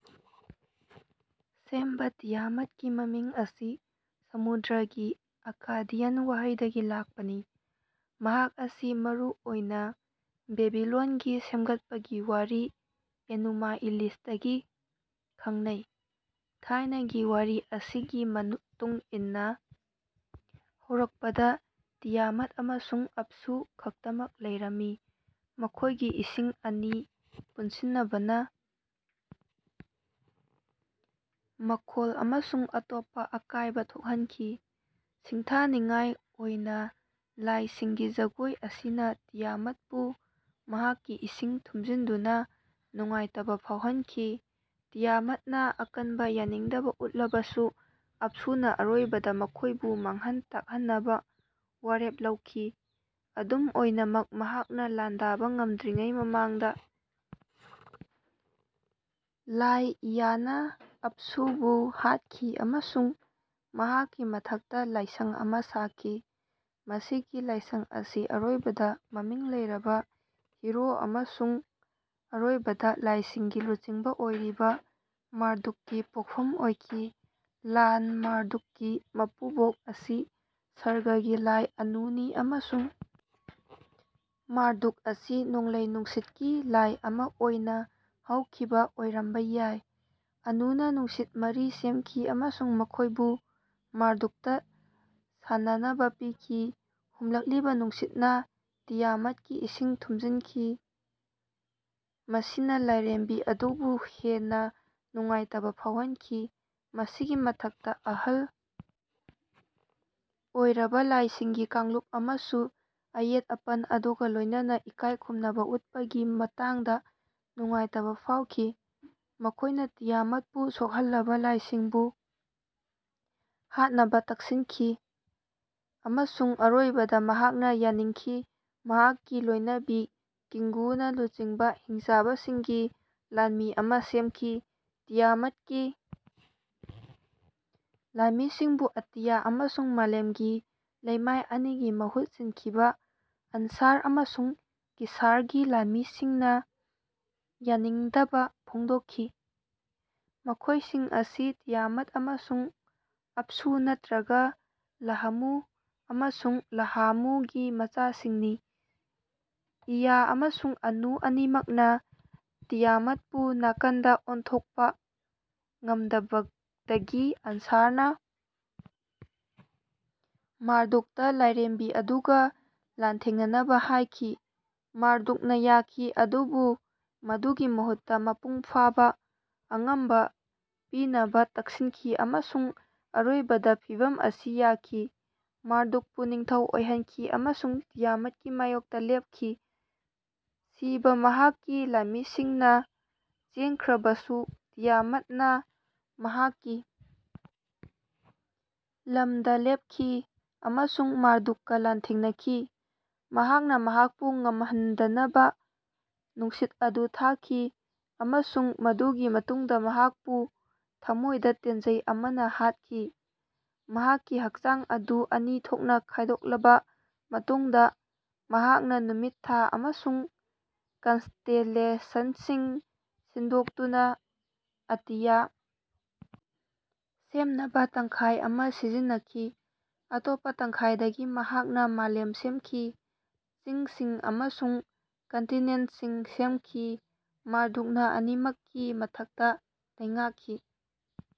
ꯁꯦꯝꯕ ꯇꯤꯌꯥꯃꯠꯀꯤ ꯃꯃꯤꯡ ꯑꯁꯤ ꯁꯃꯨꯗ꯭ꯔꯒꯤ ꯑꯛꯀꯥꯗꯤꯌꯟ ꯋꯥꯍꯩꯗꯒꯤ ꯂꯥꯛꯄꯅꯤ꯫ ꯃꯍꯥꯛ ꯑꯁꯤ ꯃꯔꯨ ꯑꯣꯏꯅ ꯕꯦꯕꯤꯂꯣꯟꯒꯤ ꯁꯦꯝꯒꯠꯄꯒꯤ ꯋꯥꯔꯤ ꯑꯦꯅꯨꯃꯥ ꯏꯂꯤꯁꯇꯒꯤ ꯈꯪꯅꯩ꯫ ꯊꯥꯏꯅꯒꯤ ꯋꯥꯔꯤ ꯑꯁꯤꯒꯤ ꯃꯇꯨꯡ ꯏꯟꯅ ꯍꯧꯔꯛꯄꯗ ꯇꯤꯌꯥꯃꯠ ꯑꯃꯁꯨꯡ ꯑꯞꯁꯨ ꯈꯛꯇꯃꯛ ꯂꯩꯔꯝꯃꯤ ꯃꯈꯣꯏꯒꯤ ꯏꯁꯤꯡ ꯑꯅꯤ ꯄꯨꯟꯁꯤꯟꯅꯕꯅ ꯃꯈꯣꯜ ꯑꯃꯁꯨꯡ ꯑꯇꯣꯞꯄ ꯑꯀꯥꯏꯕ ꯊꯣꯛꯍꯟꯈꯤ꯫ ꯁꯤꯡꯊꯥꯅꯤꯡꯉꯥꯏ ꯑꯣꯏꯅ ꯂꯥꯏꯁꯤꯡꯒꯤ ꯖꯒꯣꯏ ꯑꯁꯤꯅ ꯇꯤꯌꯥꯃꯠꯄꯨ ꯃꯍꯥꯛꯀꯤ ꯏꯁꯤꯡ ꯊꯨꯝꯖꯤꯟꯗꯨꯅ ꯅꯨꯡꯉꯥꯏꯇꯕ ꯐꯥꯎꯍꯟꯈꯤ꯫ ꯇꯤꯌꯥꯃꯠꯅ ꯑꯀꯟꯕ ꯌꯥꯅꯤꯡꯗꯕ ꯎꯠꯂꯕꯁꯨ ꯑꯞꯁꯨꯅ ꯑꯔꯣꯏꯕꯗ ꯃꯈꯣꯏꯕꯨ ꯃꯥꯡꯍꯟ ꯇꯥꯛꯍꯟꯅꯕ ꯋꯥꯔꯦꯞ ꯂꯧꯈꯤ꯫ ꯑꯗꯨꯝ ꯑꯣꯏꯅꯃꯛ ꯃꯍꯥꯛꯅ ꯂꯥꯟꯗꯥꯕ ꯉꯝꯗ꯭ꯔꯤꯉꯩ ꯃꯃꯥꯡꯗ ꯂꯥꯏ ꯏꯌꯥꯅ ꯑꯞꯁꯨꯕꯨ ꯍꯥꯠꯈꯤ ꯑꯃꯁꯨꯡ ꯃꯍꯥꯛꯀꯤ ꯃꯊꯛꯇ ꯂꯥꯏꯁꯪ ꯑꯃ ꯁꯥꯈꯤ꯫ ꯃꯁꯤꯒꯤ ꯂꯥꯏꯁꯪ ꯑꯁꯤ ꯑꯔꯣꯏꯕꯗ ꯃꯃꯤꯡ ꯂꯩꯔꯕ ꯍꯤꯔꯣ ꯑꯃꯁꯨꯡ ꯑꯔꯣꯏꯕꯗ ꯂꯥꯏꯁꯤꯡꯒꯤ ꯂꯨꯆꯤꯡꯕ ꯑꯣꯏꯔꯤꯕ ꯃꯥꯔꯗꯨꯛꯀꯤ ꯄꯣꯛꯐꯝ ꯑꯣꯏꯈꯤ꯫ ꯂꯥꯟ ꯃꯥꯔꯗꯨꯛꯀꯤ ꯃꯄꯨꯕꯣꯛ ꯑꯁꯤ ꯁꯔꯒꯀꯤ ꯂꯥꯏ ꯑꯅꯨꯅꯤ ꯑꯃꯁꯨꯡ ꯃꯥꯔꯗꯨꯛ ꯑꯁꯤ ꯅꯣꯡꯂꯩ ꯅꯨꯡꯁꯤꯠꯀꯤ ꯂꯥꯏ ꯑꯃ ꯑꯣꯏꯅ ꯍꯧꯈꯤꯕ ꯑꯣꯏꯔꯝꯕ ꯌꯥꯏ꯫ ꯑꯅꯨꯅ ꯅꯨꯡꯁꯤꯠ ꯃꯔꯤ ꯁꯦꯝꯈꯤ ꯑꯃꯁꯨꯡ ꯃꯈꯣꯏꯕꯨ ꯃꯥꯔꯗꯨꯛꯇ ꯁꯥꯟꯅꯅꯕ ꯄꯤꯈꯤ꯫ ꯍꯨꯝꯂꯛꯂꯤꯕ ꯅꯨꯡꯁꯤꯠꯅ ꯇꯤꯌꯥꯃꯠꯀꯤ ꯏꯁꯤꯡ ꯊꯨꯝꯖꯤꯟꯈꯤ ꯃꯁꯤꯅ ꯂꯥꯏꯔꯦꯝꯕꯤ ꯑꯗꯨꯕꯨ ꯍꯦꯟꯅ ꯅꯨꯡꯉꯥꯏꯇꯕ ꯐꯥꯎꯍꯟꯈꯤ꯫ ꯃꯁꯤꯒꯤ ꯃꯊꯛꯇ ꯑꯍꯜ ꯑꯣꯏꯔꯕ ꯂꯥꯏꯁꯤꯡꯒꯤ ꯀꯥꯡꯂꯨꯞ ꯑꯃꯁꯨ ꯑꯌꯦꯠ ꯑꯄꯟ ꯑꯗꯨꯒ ꯂꯣꯏꯅꯅ ꯏꯀꯥꯏ ꯈꯨꯝꯅꯕ ꯎꯠꯄꯒꯤ ꯃꯇꯥꯡꯗ ꯅꯨꯡꯉꯥꯏꯇꯕ ꯐꯥꯎꯈꯤ꯫ ꯃꯈꯣꯏꯅ ꯇꯤꯌꯥꯃꯠꯄꯨ ꯁꯣꯛꯍꯜꯂꯕ ꯂꯥꯏꯁꯤꯡꯕꯨ ꯍꯥꯠꯅꯕ ꯇꯛꯁꯤꯟꯈꯤ ꯑꯃꯁꯨꯡ ꯑꯔꯣꯏꯕꯗ ꯃꯍꯥꯛꯅ ꯌꯥꯅꯤꯡꯈꯤ ꯃꯍꯥꯛꯀꯤ ꯂꯣꯏꯅꯕꯤ ꯀꯤꯡꯒꯨꯅ ꯂꯨꯆꯤꯡꯕ ꯍꯤꯡꯆꯥꯕꯁꯤꯡꯒꯤ ꯂꯥꯟꯃꯤ ꯑꯃ ꯁꯦꯝꯈꯤ꯫ ꯇꯤꯌꯥꯃꯠꯀꯤ ꯂꯥꯟꯃꯤꯁꯤꯡꯕꯨ ꯑꯇꯤꯌꯥ ꯑꯃꯁꯨꯡ ꯃꯥꯂꯦꯝꯒꯤ ꯂꯩꯃꯥꯏ ꯑꯅꯤꯒꯤ ꯃꯍꯨꯠ ꯁꯤꯟꯈꯤꯕ ꯑꯟꯁꯥꯔ ꯑꯃꯁꯨꯡ ꯀꯤꯁꯥꯔꯒꯤ ꯂꯥꯟꯃꯤꯁꯤꯡꯅ ꯌꯥꯅꯤꯡꯗꯕ ꯐꯣꯡꯗꯣꯛꯈꯤ꯫ ꯃꯈꯣꯏꯁꯤꯡ ꯑꯁꯤ ꯇꯤꯌꯥꯃꯠ ꯑꯃꯁꯨꯡ ꯑꯞꯁꯨ ꯅꯠꯇ꯭ꯔꯒ ꯂꯥꯍꯃꯨ ꯑꯃꯁꯨꯡ ꯂꯥꯍꯥꯃꯨꯒꯤ ꯃꯆꯥꯁꯤꯡꯅꯤ꯫ ꯏꯌꯥ ꯑꯃꯁꯨꯡ ꯑꯅꯨ ꯑꯅꯤꯃꯛꯅ ꯇꯤꯌꯥꯃꯠꯄꯨ ꯅꯥꯀꯟꯗ ꯑꯣꯟꯊꯣꯛꯄ ꯉꯝꯗꯕꯗꯒꯤ ꯑꯟꯁꯥꯔꯅ ꯃꯥꯔꯗꯨꯛꯇ ꯂꯥꯏꯔꯦꯝꯕꯤ ꯑꯗꯨꯒ ꯂꯥꯟꯊꯦꯡꯅꯅꯕ ꯍꯥꯏꯈꯤ꯫ ꯃꯥꯔꯗꯨꯛꯅ ꯌꯥꯈꯤ ꯑꯗꯨꯕꯨ ꯃꯗꯨꯒꯤ ꯃꯍꯨꯠꯇ ꯃꯄꯨꯡ ꯐꯥꯕ ꯑꯉꯝꯕ ꯄꯤꯅꯕ ꯇꯛꯁꯤꯟꯈꯤ ꯑꯃꯁꯨꯡ ꯑꯔꯣꯏꯕꯗ ꯐꯤꯚꯝ ꯑꯁꯤ ꯌꯥꯈꯤ꯫ ꯃꯥꯔꯗꯨꯛꯄꯨ ꯅꯤꯡꯊꯧ ꯑꯣꯏꯍꯟꯈꯤ ꯑꯃꯁꯨꯡ ꯇꯤꯌꯥꯃꯠꯀꯤ ꯃꯥꯌꯣꯛꯇ ꯂꯦꯞꯈꯤ꯫ ꯁꯤꯕ ꯃꯍꯥꯛꯀꯤ ꯂꯥꯟꯃꯤꯁꯤꯡꯅ ꯆꯦꯟꯈ꯭ꯔꯕꯁꯨ ꯇꯤꯌꯥꯃꯠꯅ ꯃꯍꯥꯛꯀꯤ ꯂꯝꯗ ꯂꯦꯞꯈꯤ ꯑꯃꯁꯨꯡ ꯃꯥꯔꯗꯨꯛꯀ ꯂꯥꯟꯊꯦꯡꯅꯈꯤ꯫ ꯃꯍꯥꯛꯅ ꯃꯍꯥꯛꯄꯨ ꯉꯝꯍꯟꯗꯅꯕ ꯅꯨꯡꯁꯤꯠ ꯑꯗꯨ ꯊꯥꯈꯤ ꯑꯃꯁꯨꯡ ꯃꯗꯨꯒꯤ ꯃꯇꯨꯡꯗ ꯃꯍꯥꯛꯄꯨ ꯊꯃꯣꯏꯗ ꯇꯦꯟꯖꯩ ꯑꯃꯅ ꯍꯥꯠꯈꯤ꯫ ꯃꯍꯥꯛꯀꯤ ꯍꯛꯆꯥꯡ ꯑꯗꯨ ꯑꯅꯤ ꯊꯣꯛꯅ ꯈꯥꯏꯗꯣꯛꯂꯕ ꯃꯇꯨꯡꯗ ꯃꯍꯥꯛꯅ ꯅꯨꯃꯤꯠ ꯊꯥ ꯑꯃꯁꯨꯡ ꯀꯟꯁꯇꯦꯂꯦꯁꯟꯁꯤꯡ ꯁꯤꯟꯗꯣꯛꯇꯨꯅ ꯑꯇꯤꯌꯥ ꯁꯦꯝꯅꯕ ꯇꯪꯈꯥꯏ ꯑꯃ ꯁꯤꯖꯤꯟꯅꯈꯤ꯫ ꯑꯇꯣꯞꯄ ꯇꯪꯈꯥꯏꯗꯒꯤ ꯃꯍꯥꯛꯅ ꯃꯥꯂꯦꯝ ꯁꯦꯝꯈꯤ ꯆꯤꯡꯁꯤꯡ ꯑꯃꯁꯨꯡ ꯀꯟꯇꯤꯅꯦꯟꯠꯁꯤꯡ ꯁꯦꯝꯈꯤ꯫ ꯃꯥꯔꯗꯨꯛꯅ ꯑꯅꯤꯃꯛꯀꯤ ꯃꯊꯛꯇ ꯂꯩꯉꯥꯛꯈꯤ꯫